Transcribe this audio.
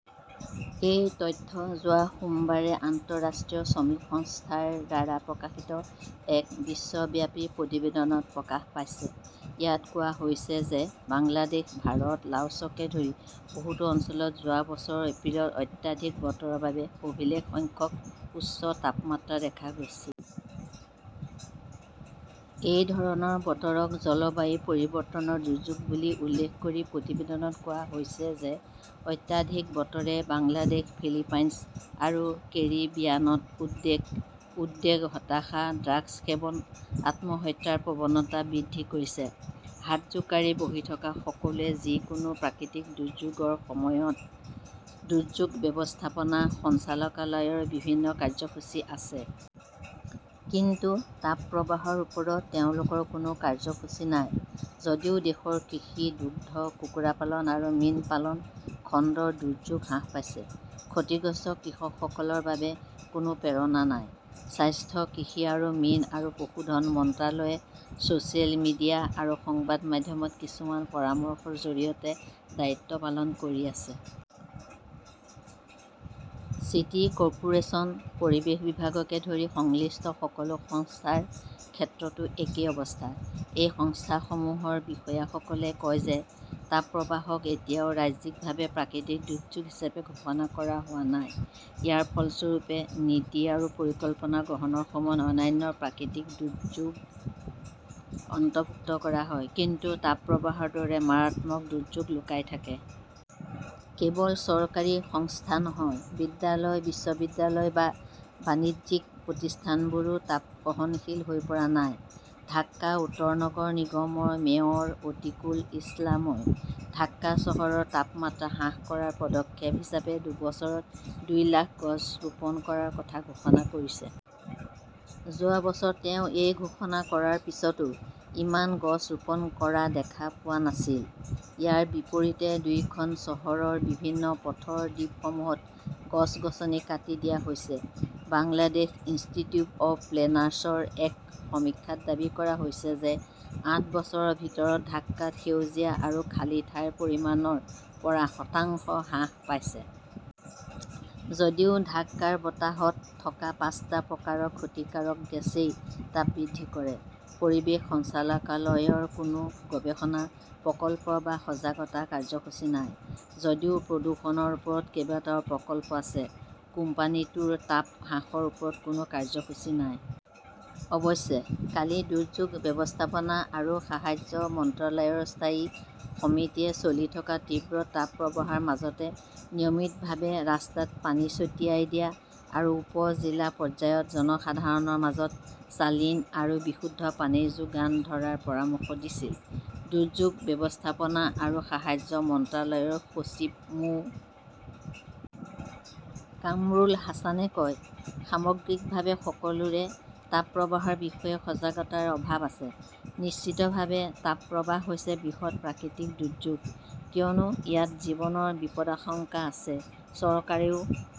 এই তথ্য যোৱা সোমবাৰে আন্তঃৰাষ্ট্ৰীয় শ্ৰমিক সংস্থা ৰ দ্বাৰা প্ৰকাশিত এক বিশ্বব্যাপী প্ৰতিবেদনত প্ৰকাশ পাইছে। ইয়াত কোৱা হৈছে যে বাংলাদেশ, ভাৰত, লাওছকে ধৰি বহুতো অঞ্চলত যোৱা বছৰৰ এপ্ৰিলত অত্যাধিক বতৰৰ বাবে অভিলেখ সংখ্যক উচ্চ তাপমাত্ৰা দেখা গৈছিল। এই ধৰণৰ বতৰক জলবায়ু পৰিৱৰ্তনৰ দুৰ্যোগ বুলি উল্লেখ কৰি প্ৰতিবেদনত কোৱা হৈছে যে অত্যাধিক বতৰে বাংলাদেশ, ফিলিপাইনছ আৰু কেৰিবিয়ানত উদ্বেগ, উদ্বেগ, হতাশা, ড্ৰাগছ সেৱন, আত্মহত্যাৰ প্ৰৱণতা বৃদ্ধি কৰিছে। হাত জোকাৰি বহি থকা সকলোৱে যিকোনো প্ৰাকৃতিক দুৰ্যোগৰ সময়ত দুৰ্যোগ ব্যৱস্থাপনা সঞ্চালকালয়ৰ বিভিন্ন কাৰ্যসূচী আছে। কিন্তু তাপপ্ৰবাহৰ ওপৰত তেওঁলোকৰ কোনো কাৰ্যসূচী নাই। যদিও দেশৰ কৃষি, দুগ্ধ, কুকুৰা পালন আৰু মীন পালন খণ্ডৰ দুৰ্যোগ হ্ৰাস পাইছে, ক্ষতিগ্ৰস্ত কৃষকসকলৰ বাবে কোনো প্ৰেৰণা নাই। স্বাস্থ্য, কৃষি আৰু মীন আৰু পশুধন মন্ত্ৰালয়ে ছ "চিয়েল মিডিয়া আৰু সংবাদ মাধ্যমত কিছুমান পৰামৰ্শৰ জৰিয়তে দায়িত্ব পালন কৰি আছে। চিটি কৰ্পোৰেচন, পৰিৱেশ বিভাগকে ধৰি সংশ্লিষ্ট সকলো সংস্থাৰ ক্ষেত্ৰতো একেই অৱস্থা। এই সংস্থাসমূহৰ বিষয়াসকলে কয় যে তাপপ্ৰবাহক এতিয়াও ৰাজ্যিকভাৱে প্ৰাকৃতিক দুৰ্যোগ হিচাপে ঘোষণা কৰা হোৱা নাই। ইয়াৰ ফলস্বৰূপে নীতি আৰু পৰিকল্পনা গ্ৰহণৰ সময়ত অন্যান্য প্ৰাকৃতিক দুৰ্যোগ অন্তৰ্ভুক্ত কৰা হয়, কিন্তু তাপপ্ৰবাহৰ দৰে মাৰাত্মক দুৰ্যোগ লুকাই থাকে। কেৱল চৰকাৰী সংস্থা নহয়, বিদ্যালয়-বিশ্ববিদ্যালয় বা বাণিজ্যিক প্ৰতিষ্ঠানবোৰো তাপ-সহনশীল হৈ পৰা নাই। ঢাকা উত্তৰ নগৰ নিগমৰ মেয়ৰ অতীকুল ইছলামই ঢাকা চহৰৰ তাপমাত্ৰা হ্ৰাস কৰাৰ পদক্ষেপ হিচাপে দুবছৰত দুই লাখ গছ ৰোপণ কৰাৰ কথা ঘোষণা কৰিছে। যোৱা বছৰ তেওঁ এই ঘোষণা কৰাৰ পিছতো ইমান গছ ৰোপণ কৰা দেখা পোৱা নাছিল। ইয়াৰ বিপৰীতে দুয়োখন চহৰৰ বিভিন্ন পথৰ দ্বীপসমূহত গছ-গছনি কাটি দিয়া হৈছে। বাংলাদেশ ইনষ্টিটিউট অৱ প্লেনাৰ্ছৰ এক সমীক্ষাত দাবী কৰা হৈছে যে আঠ বছৰৰ ভিতৰত ঢাকাত সেউজীয়া আৰু খালী ঠাইৰ পৰিমাণ ৰ পৰা শতাংশ হ্ৰাস পাইছে। যদিও ঢাকাৰ বতাহত থকা পাঁচটা প্ৰকাৰৰ ক্ষতিকাৰক গেছই তাপ বৃদ্ধি কৰে, পৰিৱেশ সঞ্চালকালয়ৰ কোনো গৱেষণা, প্ৰকল্প বা সজাগতা কাৰ্যসূচী নাই। যদিও প্ৰদূষণৰ ওপৰত কেইবাটাও প্ৰকল্প আছে, কোম্পানীটোৰ তাপ হ্ৰাসৰ ওপৰত কোনো কাৰ্যসূচী নাই। অৱশ্যে, কালি দুৰ্যোগ ব্যৱস্থাপনা আৰু সাহায্য মন্ত্ৰালয়ৰ স্থায়ী সমিতিয়ে চলি থকা তীব্ৰ তাপপ্ৰবাহৰ মাজতে নিয়মিতভাৱে ৰাস্তাত পানী ছটিয়াই দিয়া আৰু উপ-জিলা পৰ্যায়ত জনসাধাৰণৰ মাজত চালিন আৰু বিশুদ্ধ পানী যোগান ধৰাৰ পৰামৰ্শ দিছিল। দুৰ্যোগ ব্যৱস্থাপনা আৰু সাহায্য মন্ত্ৰালয়ৰ সচিব মো. কামৰুল হাছানে কয়, "সামগ্ৰিকভাৱে সকলোৰে তাপপ্ৰবাহৰ বিষয়ে সজাগতাৰ অভাৱ আছে। নিশ্চিতভাৱে তাপপ্ৰবাহ হৈছে বৃহৎ প্ৰাকৃতিক দুৰ্যোগ। কিয়নো, ইয়াত জীৱনৰ বিপদাশংকা আছে। চৰকাৰেও